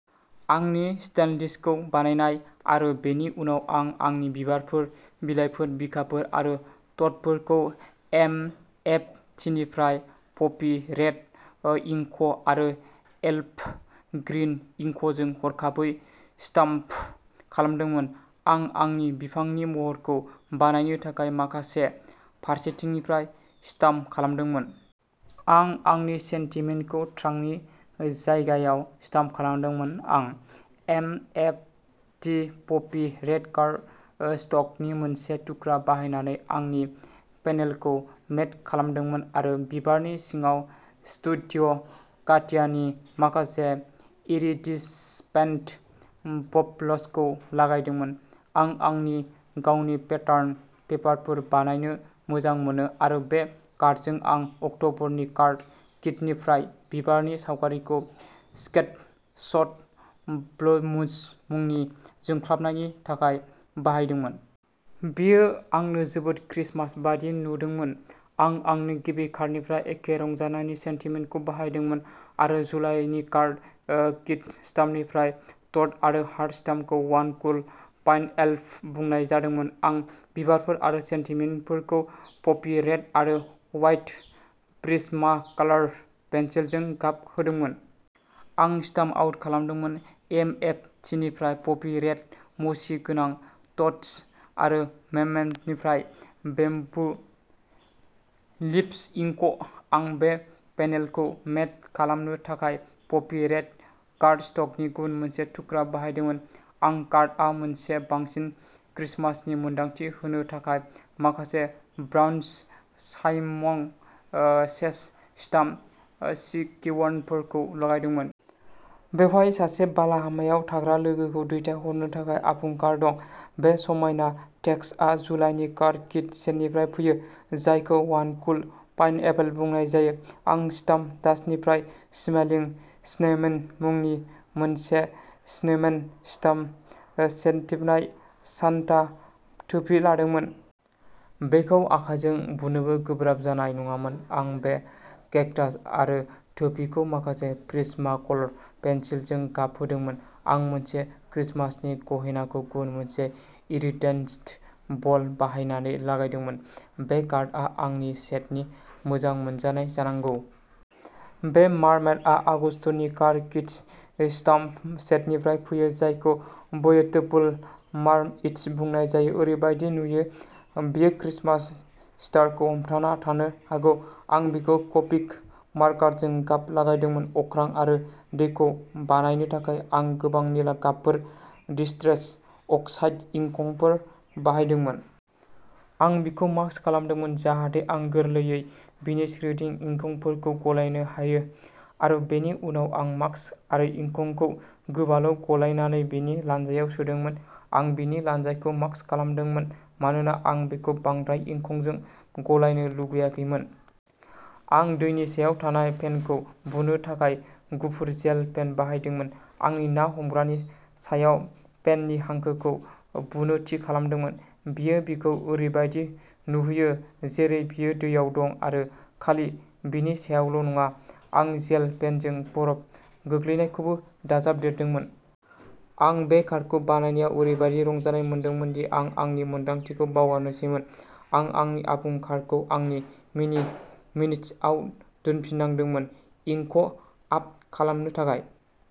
आंनि स्टेलडिसखौ बानाय, आरो बेनि उनाव आं आंनि बिबारफोर, बिलाइफोर, बिखाफोर आरो द'टफोरखौ एमएफटिनिफ्राय पपि रेड ओ इंक आरो एल्फ ग्रीन इंकजों हरखाबै स्टाम्प खालामदोंमोन। आं आंनि बिफांनि महरखौ बानायनो थाखाय माखासे फारसेथिंनिफ्राय स्टाम्प खालामदोंमोन। आं आंनि सेन्टिमेन्टखौ ट्रांकनि जायगायाव स्टाम्प खालामदोंमोन। आं एमएफटि पपि रेड कार्डस्टकनि मोनसे थुख्रा बाहायनानै आंनि पेनेलखौ मेट खालामदोंमोन आरो बिबारनि सिङाव स्टुडिय'काटियानि माखासे इरिडिसपेन्ट बबल्सखौ लागायदोंमोन। आं आंनि गावनि पेटार्न पेपारफोर बानायनो मोजां मोनो, आरो बे कार्डजों, आं अक्ट'बरनि कार्ड किटनिफ्राय बिबारनि सावगारिखौ स्केडच्ड ब्लुमस मुंनि जोंख्लाबनायनि थाखाय बाहायदोंमोन। बियो आंनो जोबोद क्रिसमास बादि नुदोंमोन। आं आंनि गिबि कार्डनिफ्राय एखे रंजानायनि सेन्टिमेन्टखौ बाहायदोंमोन, आरो जुलाइनि कार्ड किट स्टाम्पनिफ्राय टड आरो हार्ट स्टाम्पखौ वान कुल पाइनएपल बुंनाय जादोंमोन। आं बिबारफोर आरो सेन्टिमेन्टफोरखौ पपि रेड आरो व्हाइट प्रिज्माकालार पेन्सिलजों गाब होदोंमोन। आं स्टाम्प आउट खालामदोंमोन। एमएफटिनिफ्राय पपि रेड मसी गोनां द'ट्स आरो मेमेन्टनिफ्राय बेम्पु लिभ्स इंक। आं बे पेनेलखौ मेट खालामनो थाखाय पपि रेड कार्डस्टकनि गुन मोनसे थुख्रा बाहायदोंमोन। आं कार्डआव मोनसे बांसिन क्रिसमासनि मोनदांथि होनो थाखाय माखासे ब्रन्ज साइमन ओ सेस स्टाम्प सिक्विनफोरखौ लागायदोंमोन। बेहाय सासे बालाहामायाव थाग्रा लोगोखौ दैथायहरनो थाखाय आबुं कार्ड दं। बे समायना टेक्सआ जुलाइनि कार्ड किट सेटनिफ्राय फैयो, जायखौ वान कुल पाइनएपल बुंनाय जायो। आं स्टाम्पेनडासनिफ्राय स्माइलिं स्नोमेन मुंनि मोनसे स्नोमेन स्टाम्प सेटनिफ्राय सान्ता टोपी लादोंमोन। बेखौ आखायजों बुनोबो गोब्राब जानाय नङामोन। आं बे केक्टास आरो टोपीखौ माखासे प्रिज्माकल पेन्सिलजों गाब होदोंमोन। आं मोनसे क्रिसमासनि गहेनाखौ गुबुन मोनसे इरिडेसेन्ट बल बाहायनानै लागायदोंमोन। बे कार्डआ आंनि सेटनि मोजां मोनजानाय जानांगौ। बे मार्मेडआ आगस्तनि कार्ड किट स्टाम्प सेटनिफ्राय फैयो, जायखौ बयूटीफुल मार्मइड्स बुंनाय जायो। ओरैबादि नुयो बियो क्रिसमास स्टारखौ हमथाना थानो हागौ। आं बिखौ क'पिक मार्कारजों गाब लागायदोंमोन। अख्रां आरो दैखौ बानायनो थाखाय, आं गोबां निला गाबफोर डिस्ट्रेस अक्साइड इंकफोर बाहायदोंमोन। आं बिखौ मास्क खालामनांदोंमोन जाहाथे आं गोरलैयै बिनि सोरगिदिं इंकफोरखौ गलायनो हायो, आरो बेनि उनाव आं मास्क आरो इंकखौ गोबाल'गलायनानै बिनि लानजायाव सोदोंमोन। आं बिनि लानजाखौ मास्क खालामदोंमोन मानोना आं बेखौ बांद्राय इंकंजों गलायनो लुगैयाखैमोन। आं दैनि सायाव थानाय फेनखौ बुनो थाखाय गुफुर जेल पेन बाहायदोंमोन, आंनि ना हमग्रानि सायाव फेननि हांखोखौ बुनो थि खालामदोंमोन। बियो बिखौ ओरैबादि नुहोयो जेरै बियो दैयाव दं आरो खालि बिनि सिगाङावल'नङा। आं जेल पेनजों बरफ गोग्लैनायखौबो दाजाबदेरदोंमोन। आं बे कार्डखौ बानायनायाव ओरैबादि रंजानाय मोनदों दि आं आंनि मोनदांथिखौ बावगारनोसैमोन। आं आंनि आबुं कार्डखौ आंनि मिनि मिनिस्टआव दोनफिननांदोंमोन इंक आप खालामनो थाखाय।